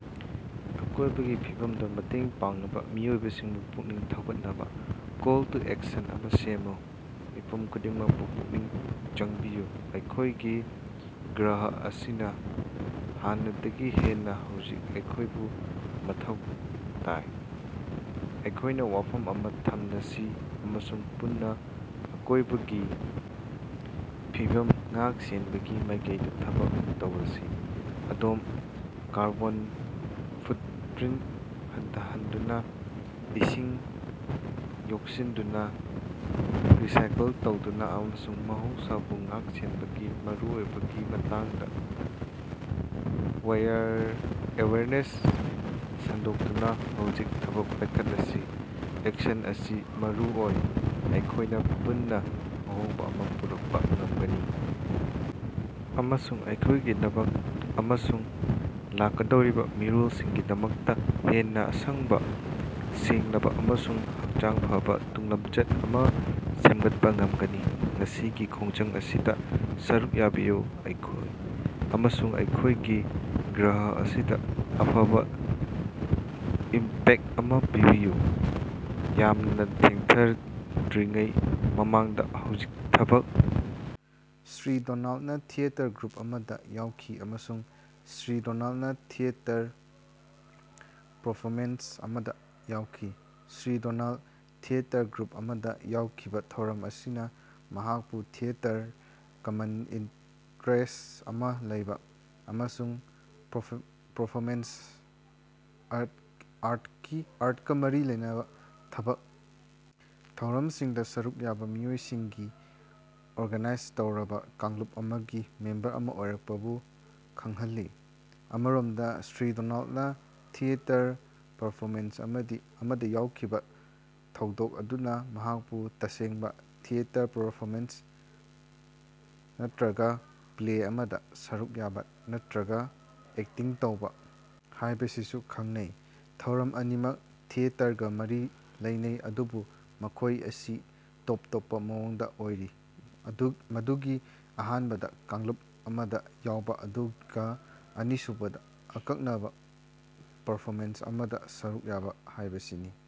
‎ ꯑꯀꯣꯏꯕꯒꯤ ꯐꯤꯕꯝꯗ ꯃꯇꯦꯡ ꯄꯥꯡꯅꯕ ꯃꯤꯑꯣꯏꯁꯤꯡꯕꯨ ꯄꯨꯛꯅꯤꯡ ꯊꯧꯒꯠꯅꯕ ꯀꯣꯜ ꯇꯨ ꯑꯦꯛꯁꯟ ꯑꯃꯥ ꯁꯦꯝꯃꯨ꯫ ꯃꯤꯄꯨꯝ ꯈꯨꯗꯤꯡꯃꯛꯄꯨ ꯄꯨꯛꯅꯤꯡ ꯆꯪꯕꯤꯌꯨ꯫ ꯑꯩꯈꯣꯏꯒꯤ ꯒ꯭ꯔꯍ ꯑꯁꯤꯅ ꯍꯥꯟꯅꯗꯒꯤ ꯍꯦꯟꯅ ꯍꯧꯖꯤꯛ ꯑꯩꯈꯣꯏꯕꯨ ꯃꯊꯧ ꯇꯥꯏ꯫ ꯑꯩꯈꯣꯏꯅ ꯋꯥꯐꯝ ꯑꯃ ꯊꯝꯂꯁꯤ ꯑꯃꯁꯨꯡ ꯄꯨꯟꯅ ꯑꯀꯣꯏꯕꯒꯤ ꯐꯤꯕꯝ ꯉꯥꯛ-ꯁꯦꯟꯕꯒꯤ ꯃꯥꯏꯀꯩꯗ ꯊꯕꯛ ꯇꯧꯔꯁꯤ꯫ ꯑꯗꯣꯝ ꯀꯥꯔꯕꯣꯟ ꯐꯨꯠꯄ‌꯭ꯔꯤꯟ ꯍꯟꯊꯍꯟꯗꯨꯅ, ꯏꯁꯤꯡ ꯌꯣꯛꯁꯤꯟꯗꯨꯅ, ꯔꯤꯁꯥꯏꯀꯜ ꯇꯧꯗꯨꯅ ꯑꯃꯁꯨꯡ ꯃꯍꯧꯁꯥꯕꯨ ꯉꯥꯛ-ꯁꯦꯟꯕꯒꯤ ꯃꯔꯨꯑꯣꯏꯕꯒꯤ ꯃꯇꯥꯡꯗ ꯑꯦꯋꯦꯌꯔꯅꯦꯁ ꯁꯟꯗꯣꯛꯇꯨꯅ ꯍꯧꯖꯤꯛ ꯊꯕꯛ ꯄꯥꯏꯈꯠꯂꯁꯤ꯫ ꯑꯦꯛꯁꯟ ꯑꯁꯤ ꯃꯔꯨ ꯑꯣꯏ꯫ ꯑꯩꯈꯣꯏꯅ ꯄꯨꯟꯅ ꯑꯍꯣꯡꯕ ꯑꯃꯥ ꯄꯨꯔꯛꯄ ꯉꯝꯒꯅꯤ ꯑꯃꯁꯨꯡ ꯑꯩꯈꯣꯏꯒꯤꯗꯃꯛ ꯑꯃꯁꯨꯡ ꯂꯥꯛꯀꯗꯧꯔꯤꯕ ꯃꯤꯔꯣꯜꯁꯤꯡꯒꯤꯗꯃꯛꯇ ꯍꯦꯟꯅ ꯑꯁꯪꯕ, ꯁꯦꯡꯂꯕ ꯑꯃꯁꯨꯡ ꯍꯛꯆꯥꯡ ꯐꯕ ꯇꯨꯡꯂꯝꯆꯠ ꯑꯃ ꯁꯦꯝꯒꯠꯄ ꯉꯝꯒꯅꯤ꯫ ꯉꯁꯤꯒꯤ ꯈꯣꯡꯖꯪ ꯑꯁꯤꯗ ꯁꯔꯨꯛ ꯌꯥꯕꯤꯌꯨ ꯑꯃꯁꯨꯡ ꯑꯩꯈꯣꯏꯒꯤ ꯒ꯭ꯔꯍ ꯑꯁꯤꯗ ꯑꯐꯕ ꯏꯝꯄꯦꯛ ꯑꯃ ꯄꯤꯕꯤꯌꯨ꯫ ꯌꯥꯝꯅ ꯊꯦꯡꯊꯗ꯭ꯔꯤꯉꯩ ꯃꯃꯥꯡꯗ ꯍꯧꯖꯤꯛ ꯊꯕꯛ ꯁ꯭ꯔꯤ ꯗꯣꯅꯥꯜꯗꯅ ꯊꯤꯌꯦꯇꯔ ꯒ꯭ꯔꯨꯞ ꯑꯃꯗ ꯌꯥꯎꯈꯤ ꯑꯃꯁꯨꯡ ꯁ꯭ꯔꯤ ꯗꯣꯅꯥꯜꯗꯅ ꯊꯤꯌꯦꯇꯔ ꯄꯔꯐꯣꯃꯦꯟꯁ ꯑꯃꯗ ꯌꯥꯎꯈꯤ꯫ ꯁ꯭ꯔꯤ ꯗꯣꯅꯥꯜꯗꯅ ꯊꯤꯌꯦꯇꯔ ꯒ꯭ꯔꯨꯞ ꯑꯃꯗ ꯌꯥꯎꯈꯤꯕ ꯊꯧꯔꯝ ꯑꯁꯤꯅ ꯃꯍꯥꯛꯄꯨ ꯊꯤꯌꯦꯇꯔꯗ ꯀꯃꯟ ꯏꯟꯇꯔꯦꯁ ꯑꯃꯥ ꯂꯩꯕ ꯑꯃꯁꯨꯡ ꯄꯔꯐꯣꯃꯦꯟꯁ ꯑꯥꯔꯠꯀ ꯃꯔꯤ ꯂꯩꯅꯕ ꯊꯕꯛ ꯊꯧꯔꯝꯁꯤꯡꯗ ꯁꯔꯨꯛ ꯌꯥꯕ ꯃꯤꯑꯣꯏꯁꯤꯡꯒꯤ ꯑꯣꯔꯒꯅꯥꯏꯖ ꯇꯧꯔꯕ ꯀꯥꯡꯂꯨꯞ ꯑꯃꯒꯤ ꯃꯦꯝꯕꯔ ꯑꯃ ꯑꯣꯏꯔꯛꯄꯕꯨ ꯈꯪꯍꯜꯂꯤ꯫ ꯑꯃꯔꯣꯝꯗ ꯁ꯭ꯔꯤ ꯗꯣꯅꯥꯜꯗꯅ ꯊꯤꯌꯦꯇꯔ ꯄꯔꯐꯣꯃꯦꯟꯁ ꯑꯃꯗ ꯌꯥꯎꯈꯤꯕ ꯊꯧꯗꯣꯛ ꯑꯗꯨꯅ ꯃꯍꯥꯛꯄꯨ ꯇꯁꯦꯡꯕ ꯊꯤꯌꯦꯇꯔ ꯄ꯭ꯔꯣꯗꯛꯁꯟ ꯅꯠꯇꯔꯒ ꯄ꯭ꯂꯦ ꯑꯃꯗ ꯁꯔꯨꯛ ꯌꯥꯕ ꯅꯠꯇꯔꯒ ꯑꯦꯛꯇꯤꯡ ꯇꯧꯕ ꯍꯥꯏꯕꯁꯤꯕꯨ ꯈꯪꯅꯩ꯫ ꯊꯧꯔꯝ ꯑꯅꯤꯃꯛ ꯊꯤꯌꯦꯇꯔꯒꯥ ꯃꯔꯤ ꯂꯩꯅꯩ, ꯑꯗꯨꯕꯨ ꯃꯈꯣꯏ ꯑꯁꯤ ꯇꯣꯞ ꯇꯣꯞꯄ ꯃꯑꯣꯡꯗ ꯑꯣꯏꯔꯤ ꯃꯗꯨꯗꯤ ꯑꯍꯥꯟꯕꯗꯥ ꯀꯥꯡꯂꯨꯞ ꯑꯃꯗ ꯌꯥꯎꯕ ꯑꯗꯨꯒ ꯑꯅꯤꯁꯨꯕꯅ ꯑꯀꯛꯅꯕ ꯄꯔꯐꯣꯃꯦꯟꯁ ꯑꯃꯗ ꯁꯔꯨꯛ ꯌꯥꯕ ꯍꯥꯏꯕꯁꯤꯅꯤ꯫